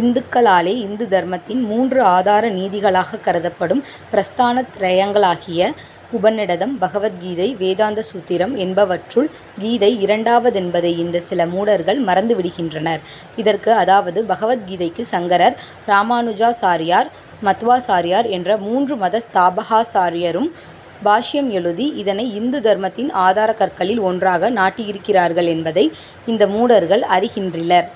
இந்துக்களாலே இந்து தர்மத்தின் மூன்று ஆதார நீதிகளாகக் கருதப்படும் பிரஸ்தான த்ரயங்களாகிய உபநிடதம், பகவத் கீதை, வேதாந்த சூத்திரம் என்பவற்றுள் கீதை இரண்டாவதென்பதை இந்தச் சில மூடர்கள் மறந்து விடுகின்றனர். இதற்கு அதாவது, பகவத் கீதைக்கு சங்கரர், ராமானுஜாசாரியார், மத்வாசாரியார் என்ற மூன்று மத ஸ்தாபகாசாரியரும் பாஷ்யம் எழுதி, இதனை இந்து தர்மத்தின் ஆதாரக் கற்களில் ஒன்றாக நாட்டியிருக்கிறார்கள் என்பதை இந்த மூடர்கள் அறிகின்றிலர்.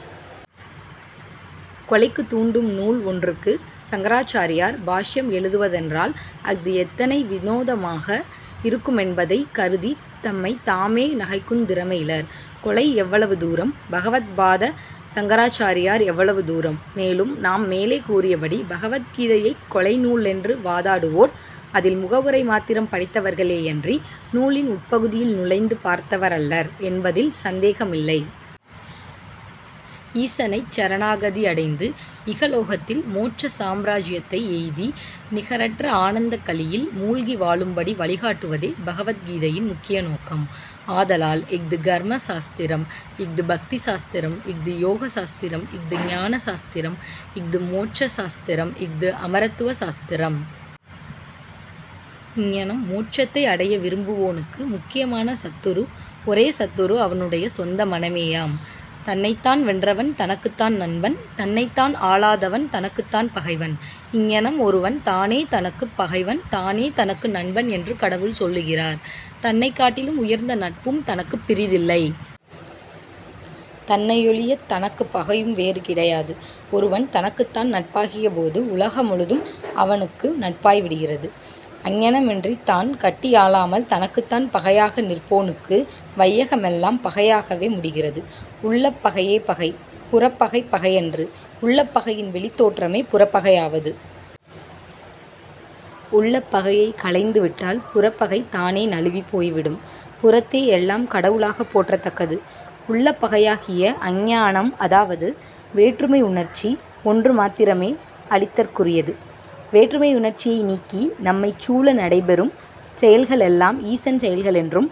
கொலைக்குத் தூண்டும் நூல் ஒன்றுக்கு சங்கராச்சாரியார் பாஷ்யம் எழுதுவதென்றால், அஃது எத்தனை வினோதமாக இருக்குமென்பதைக் கருதித் தம்மைத் தாமே நகைக்குந் திறமையிலர். கொலை எவ்வளவு தூரம்! பகவத்பாத சங்கராசாரியார் எவ்வளவு தூரம்! மேலும், நாம் மேலே கூறியபடி, பகவத் கீதையைக் கொலை நூலென்று வாதாடுவோர், அதில் முகவுரை மாத்திரம் படித்தவர்களேயன்றி, நூலின் உட்பகுதியில் நுழைந்து பார்த்தவரல்லர் என்பதில் சந்தேகமில்லை. ஈசனைச் சரணாகதி அடைந்து இகலோகத்தில் மோட்ச சாம்ராஜ்யத்தை எய்தி நிகரற்ற ஆனந்தக் களியில் மூழ்கி வாழும்படி வழிகாட்டுவதே, பகவத் கீதையின் முக்கிய நோக்கம். ஆதலால் இஃது கர்ம சாஸ்திரம், இஃது பக்தி சாஸ்திரம், இஃது யோக சாஸ்திரம், இஃது ஞான சாஸ்திரம், இஃது மோட்ச சாஸ்திரம், இஃது அமரத்துவ சாஸ்திரம். இங்ஙனம் மோட்சத்தை அடைய விரும்புவோனுக்கு முக்கியமான சத்துரு ஒரே சத்துரு அவனுடைய சொந்த மனமேயாம். தன்னைத்தான் வென்றவன் தனக்குத் தான் நண்பன், தன்னைத்தான் ஆளாதவன் தனக்குத் தான் பகைவன். இங்ஙனம் ஒருவன் தானே தனக்குப் பகைவன், தானே தனக்கு நண்பன் என்று கடவுள் சொல்லுகிறார். தன்னைக் காட்டிலும் உயர்ந்த நட்பும் தனக்குப் பிறிதில்லை. தன்னையொழியத் தனக்குப் பகையும் வேறு கிடையாது. ஒருவன் தனக்குத்தான் நட்பாகியபோது, உலக முழுதும் அவனுக்கு நட்பாய் விடுகிறது. அங்ஙனமின்றித் தான் கட்டியாளாமல் தனக்குத் தான் பகையாக நிற்போனுக்கு வையகமெல்லாம் பகையாகவே முடிகிறது. உள்ளப் பகையே பகை, புறப் பகை பகையன்று. உள்ளப் பகையின் வெளித் தோற்றமே புறப் பகையாவது. உள்ளப் பகையைக் களைந்து விட்டால், புறப்பகை தானே நழுவிப் போய்விடும். புறத்தே எல்லாம் கடவுளாகப் போற்றத் தக்கது. உள்ளப் பகையாகிய அஞ்ஞானம் அதாவது வேற்றுமை உணர்ச்சி ஒன்று மாத்திரமே அழித்தற்குரியது. வேற்றுமையுணர்ச்சியை நீக்கி, நம்மைச் சூழ நடைபெறும் செயல்களெல்லாம் ஈசன் செயல்களென்றும்,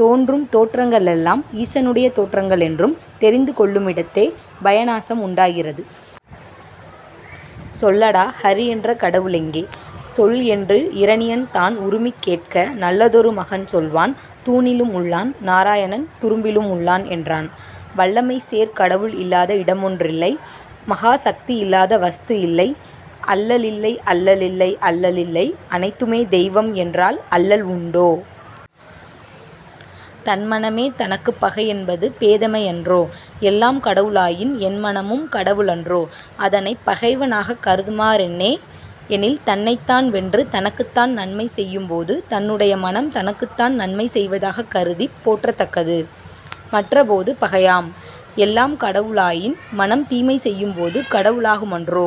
தோன்றும் தோற்றங்களெல்லாம் ஈசனுடைய தோற்றங்களென்றும் தெரிந்து கொள்ளுமிடத்தே பய நாசம் உண்டாகிறது. சொல்லடா ஹரி என்ற கடவுளெங்கே? சொல் என்று இரணியன் தான் உறுமிக்கேட்க நல்லதொரு மகன் சொல்வான் தூணிலும் உள்ளான், நாராயணன் துரும்பிலும் உள்ளான் என்றான். வல்லமை சேர் கடவுள் இல்லாத இடமொன்றில்லை, மகா சக்தி இல்லாத வஸ்து இல்லை. அல்லலில்லை, அல்லலில்லை, அல்லலில்லை, அனைத்துமே தெய்வம் என்றால் அல்லல் உண்டோ? தன் மனமே தனக்குப் பகையென்பது பேதைமையன்றோ? எல்லாம் கடவுளாயின், என் மனமும் கடவுள் அன்றோ? அதனைப் பகைவனாகக் கருதுமாறென்னே? எனில் தன்னைத்தான் வென்று தனக்குத்தான் நன்மை செய்யும்போது, தன்னுடைய மனம் தனக்குத்தான் நன்மை செய்வதாகக் கருதிப் போற்றத் தக்கது. மற்றப் போது பகையாம். எல்லாம் கடவுளாயின், மனம் தீமை செய்யும்போது கடவுளாகுமன்றோ?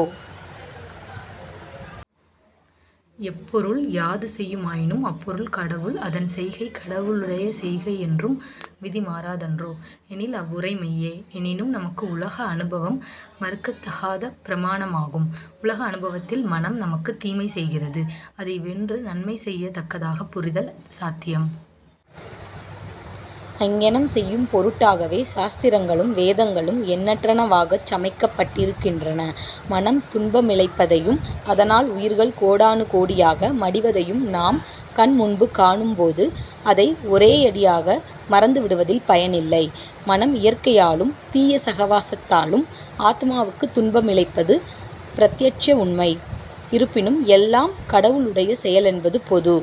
எப்பொருள் யாது செய்யுமாயினும் அப்பொருள் கடவுள், அதன் செய்கை கடவுளுடைய செய்கை என்றும், விதி மாறாதன்றோ? எனில் அவ்வுரை மெய்யே. எனினும், நமக்கு உலக அனுபவம் மறுக்கத்தகாத பிரமாணமாகும். உலக அனுபவத்தில் மனம் நமக்குத் தீமை செய்கிறது. அதை வென்று நன்மை செய்யத் தக்கதாகப் புரிதல் சாத்தியம். அங்ஙனம் செய்யும் பொருட்டாகவே, சாஸ்திரங்களும், வேதங்களும் எண்ணற்றனவாகச் சமைக்கப் பட்டிருக்கின்றன. மனம் துன்பமிழைப்பதையும், அதனால் உயிர்கள் கோடானு கோடியாக மடிவதையும் நாம் கண் முன்பு காணும்போது, அதை ஒரேயடியாக மறந்து விடுவதில் பயனில்லை. மனம் இயற்கையாலும், தீய சகவாசத்தாலும் ஆத்மாவுக்குத் துன்பமிழைப்பது பிரத்தியட்ச உண்மை. இருப்பினும் எல்லாம் கடவுளுடைய செயலென்பது பொது